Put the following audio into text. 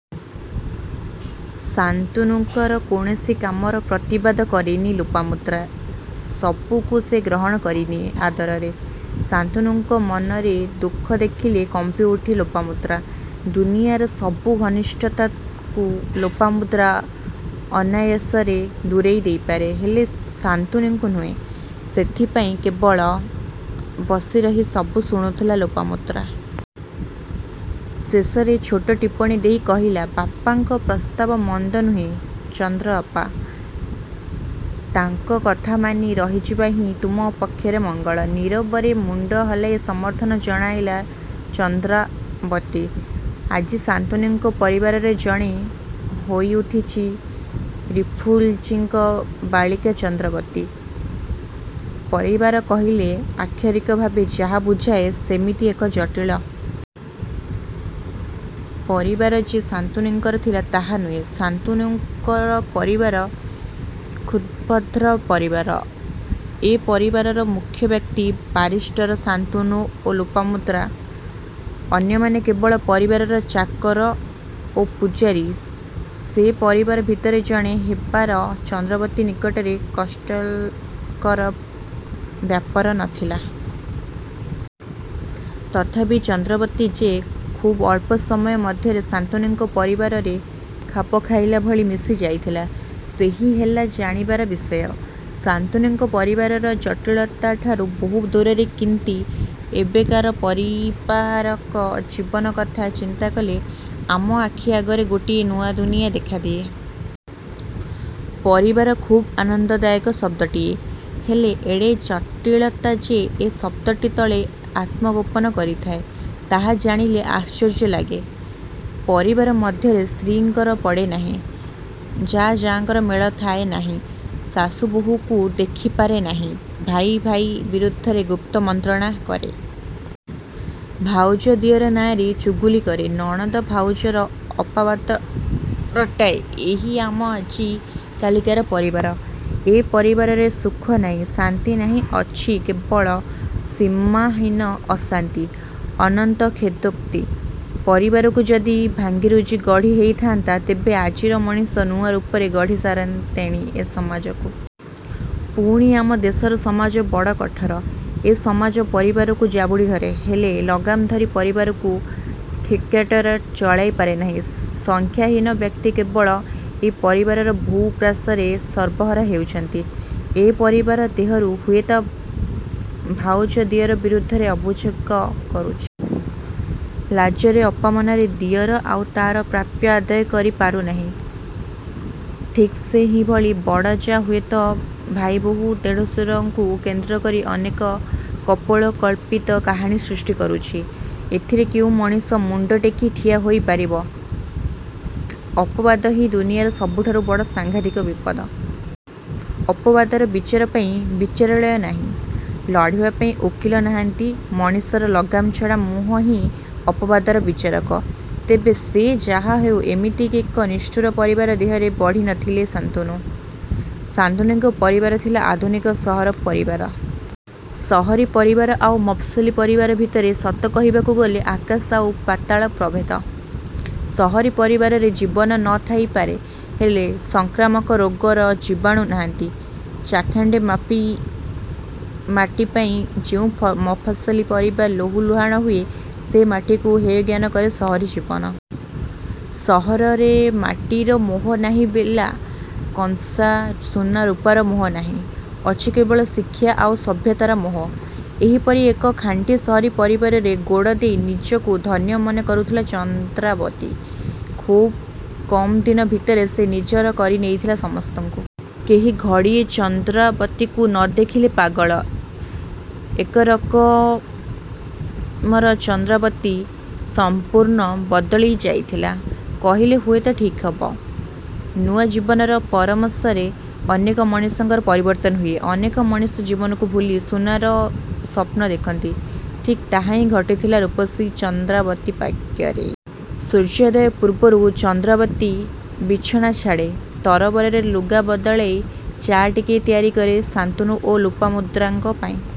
ଶାନ୍ତନୁଙ୍କର କୌଣସି କାମର ପ୍ରତିବାଦ କରେନି ଲୋପାମୁଦ୍ରା। ସବୁକୁ ସେ ଗ୍ରହଣ କରିନିଏ ଆଦରରେ। ଶାନ୍ତନୁଙ୍କ ମନରେ ଦୁଃଖ ଦେଖିଲେ କମ୍ପିଉଠେ ଲୋପାମୁଦ୍ରା। ଦୁନିଆଁର ସବୁ ଘନିଷ୍ଠତାକୁ ଲୋପାମୁଦ୍ରା ଅନାୟାସରେ ଦୂରେଇ ଦେଇପାରେ ହେଲେ ଶାନ୍ତନୁଙ୍କୁ ନୁହେଁ। ସେଇଥିପାଇଁ କେବଳ ବସିରହି ସବୁ ଶୁଣୁଥିଲା ଲୋପାମୁଦ୍ରା। ଶେଷରେ ଛୋଟ ଟିପ୍ପଣୀ ଦେଇ କହିଲା ବାପାଙ୍କ ପ୍ରସ୍ତାବ ମନ୍ଦ ନୁହେଁ ଚନ୍ଦ୍ରାଅପା! ତାଙ୍କ କଥା ମାନି ରହିଯିବା ହିଁ ତୁମ ପକ୍ଷରେ ମଙ୍ଗଳ। ନୀରବରେ ମୁଣ୍ତ ହଲାଇ ସମର୍ଥନ ଜଣାଇଲା ଚନ୍ଦ୍ରାବତୀ। ଆଜି ଶାନ୍ତନୁଙ୍କ ପରିବାରରେ ଜଣେ ହୋଇଉଠିଛି ରିଫୁଲଜିକ ବାଳିକା ଚନ୍ଦ୍ରାବତୀ। ପରିବାର କହିଲେ ଆକ୍ଷରିକ ଭାବେ ଯାହା ବୁଝାଏ ସେମିତି ଏକ ଜଟିଳ। ପରିବାର ଯେ ଶାନ୍ତନୁଙ୍କର ଥିଲା ତାହା ନୁହେଁ। ଶାନ୍ତନୁଙ୍କ ପରିବାର ଖୁବ୍କ୍ଷୁଦ୍ର ପରିବାର। ଏ ପରିବାରର ମୁଖ୍ୟ ବ୍ୟକ୍ତି ବାରିଷ୍ଟର ଶାନ୍ତନୁ ଓ ଲୋପାମୁଦ୍ରା। ଅନ୍ୟମାନେ କେବଳ ପରିବାରର ଚାକର ଓ ପୂଝାରୀ। ସେ ପରିବାର ଭିତରେ ଜଣେ ହେବାର ଚନ୍ଦ୍ରାବତୀ ନିକଟରେ କଷ୍ଟଲ୍ କର ବ୍ୟାପାର ନ ଥିଲା। ତଥାପି ଚନ୍ଦ୍ରାବତୀ ଯେ ଖୁବ୍ଅଳ୍ପ ସମୟ ମଧ୍ୟରେ ଶାନ୍ତନୁଙ୍କ ପରିବାରରେ ଖାପଖାଇଲା ଭଳି ମିଶି ଯାଇଥିଲା ସେହି ହେଲା ଜାଣିବାର ବିଷୟ। ଶାନ୍ତନଙ୍କ ପରିବାର ଜଟିଳତାଠାରୁ ବହୁ ଦୂରରେ କିନ୍ତି ଏବେକାର ପରିବାରାକ ଜୀବନ କଥା ଚିନ୍ତା କଲେ ଆମ ଆଖି ଆଗରେ ଗୋଟିଏ ନୂଆ ଦୁନିଆଁ ଦେଖାଦିଏ। ପରିବାର ଖୁବ୍ ଆନନ୍ଦଦାୟକ ଶଦ୍ଦଟିଏ। ହେଲେ ଏଡ଼େ ଜଟିଳତା ଯେ ଏ ଶଦ୍ଦଟି ତଳେ ଆତ୍ମଗୋପନ କରିଥାଏ ତାହା ଜାଣିଲେ ଆଶ୍ଚର୍ଯ୍ୟ ଲାଗେ। ପରିବାର ମଧ୍ୟରେ ସ୍ତ୍ରୀଙ୍କର ପଡ଼େନାହିଁ। ଜା ଜାଙ୍କର ମେଳ ଥାଏନାହିଁ। ଶାଶୁ ବୋହୂକୁ ଦେଖି ପାରେନାହିଁ। ଭାଇ ଭାଇ ବିରୁଦ୍ଧରେ ଗୁପ୍ତ ମନ୍ତ୍ରଣା କରେ। ଭାଉଜ ଦିଅର ନାଁରେ ଚୁଗୁଲି କରେ। ନଣନ୍ଦ ଭାଉଜର ଅପବାଦ ରଟାଏ ଏଇ ଆମ ଆଜି କାଲିକାର ପରିବାର। ଏ ପରିବାରରେ ସୁଖ ନାହିଁ ଶାନ୍ତି ନାହିଁ ଅଛି କେବଳ ସୀମାହୀନ ଅଶାନ୍ତି। ଅନନ୍ତ କ୍ଷେଦୋକ୍ତି। ପରିବାରକୁ ଯଦି ଭାଙ୍ଗି ରୁଜି ଗଢି ହେଇଥାନ୍ତା ତେବେ ଆଜିର ମଣିଷ ନୂଆ ରୂପରେ ଗଢି ସାରନ୍ତେଣି ଏ ସମାଜକୁ। ପୁଣି ଆମ ଦେଶର ସମାଜ ବଡ କଠୋର। ଏ ସମାଜ ପରିବାରକୁ ଜାବୁଡ଼ି ଧରେ। ହେଲେ ଲଗାମ ଧରି ପରିବାରକୁ ଠିକ୍ବାଟରେ ଚଳାଇ ପାରେନାହିଁ। ସଂଖ୍ୟାହୀନ ବ୍ୟକ୍ତି କେବଳ ଏଇ ପରିବାରର ବହୁ ଗ୍ରାସରେ ସର୍ବହରା ହେଉଛନ୍ତି। ଏ ପରିବାର ଦେହରୁ ହୁଏତ ଭାଉଜ ଦିଅର ବିରୁଦ୍ଧରେ ଅଭୁଯୋକ କରୁଛି। ଲାଜରେ ଅପମାନରେ ଦିଅର ଆଉ ତା'ର ପ୍ରାପ୍ୟ ଆଦାୟ କରି ପାରୁନାହିଁ। ଠିକ୍ସେହିଭଳି ବଡ଼ ଜା ହୁଏତ ଭାଇବୋହୂ ଦେଢ଼ଶୁରଙ୍କୁ କେନ୍ଦ୍ରକରି ଅନେକ କପୋଳ କଳ୍ପିତ କାହାଣୀ ସୃଷ୍ଟି କରୁଛି। ଏଥିରେ କେଉଁ ମଣିଷ ମୁଣ୍ତ ଟେକି ଠିଆ ହୋଇ ପାରିବ? ଅପବାଦ ହିଁ ତ ଦୁନିଆଁର ସବୁଠାରୁ ବଡ଼ ସାଂଘାତିକ ବିପଦ। ଅପବାଦର ବିଚାର ପାଇଁ ବିଚାରାଳୟ ନାହିଁ। ଲଢ଼ିବା ପାଇଁ ଓକିଲ ନାହାନ୍ତି ମଣିଷର ଲଗାମ୍ ଛଡ଼ା ମୁହଁ ହିଁ ଅପବାଦର ବିଚାରକ। ତେବେ ସେ ଯାହାହେଉ ଏମିତି ଏକ ନିଷ୍ଠୁର ପରିବାର ଦେହରେ ବଢ଼ି ନ ଥିଲେ ଶାନ୍ତନୁ। ଶାନ୍ତନୁଙ୍କ ପରିବାର ଥିଲା ଆଧୁନିକ ସହରୀ ପରିବାର। ସହରୀ ପରିବାର ଆଉ ମଫସଲୀ ପରିବାର ଭିତରେ ସତ କହିବାକୁ ଗଲେ ଆକାଶ ଆଉ ପାତାଳ ପ୍ରଭେଦ। ସହରୀ ପରିବାରରେ ଜୀବନ ନ ଥାଇ ପାରେ ହେଲେ ସଂକ୍ରାମକ ରୋଗର ଜୀବାଣୁ ନାହାଁନ୍ତି। ଚାଖଣ୍ତେ ମାଟିପାଇଁ ଯେଉଁ ମଫସଲୀ ପରିବାର ଲହୁ ଲୁହାଣ ହୁଏ ସେ ମାଟିକୁ ହେୟଜ୍ଞାନ କରେ ସହରୀ ଜୀବନ। ସହରରେ ମାଟିର ମୋହ ନାହିଁ ବେଲା, କଂସା, ସୁନା, ରୂପାର ମୋହ ନାହିଁ। ଅଛି କେବଳ ଶିକ୍ଷା ଆଉ ସଭ୍ୟତାର ମୋହ। ଏହିପରି ଏକ ଖାଣ୍ଟି ସହରୀ ପରିବାରରେ ଗୋଡ଼ ଦେଇ ନିଜକୁ ଧନ୍ୟ ମନେ କରୁଥିଲା ଚନ୍ଦ୍ରାବତୀ ଖୁବ୍ କମ୍ଦିନ ଭିତରେ ସେ ନିଜର କରି ନେଇଥିଲା ସମସ୍ତଙ୍କୁ। କେହି ଘଡ଼ିଏ ଚନ୍ଦ୍ରାବତୀକୁ ନ ଦେଖିଲେ ପାଗଳ। ଏକରକମ୍ଚନ୍ଦ୍ରାବତୀ ସମ୍ପୂର୍ଣ୍ଣ ବଦଳି ଯାଇଥିଲା କହିଲେ ହୁଏତ ଠିକ୍ ହେବ। ନୂଆ ଜୀବନର ପରମଶରେ ଅନେକ ମଣିଷଙ୍କର ପରିବର୍ତ୍ତନ ହୁଏ। ଅନେକ ମଣିଷ ଜୀବନକୁ ଭୁଲି ସୁନାର ସ୍ୱପ୍ନ ଦେଖନ୍ତି। ଠିକ୍ ତାହା ହିଁ ଘଟିଥିଲା ରୂପସୀ ଚନ୍ଦ୍ରାବତୀ ଭାଗ୍ୟରେ। ସୂର୍ଯ୍ୟୋଦୟ ପୂର୍ବରୁ ଚନ୍ଦ୍ରାବତୀ ବିଛଣା ଛାଡ଼େ। ତରବରରେ ଲୁଗା ବଦଳାଇ ଚା' ଟିକେ ତିଆରି କରେ ଶାନ୍ତନୁ ଓ ଲୋପାମୁଦ୍ରାଙ୍କ ପାଇଁ।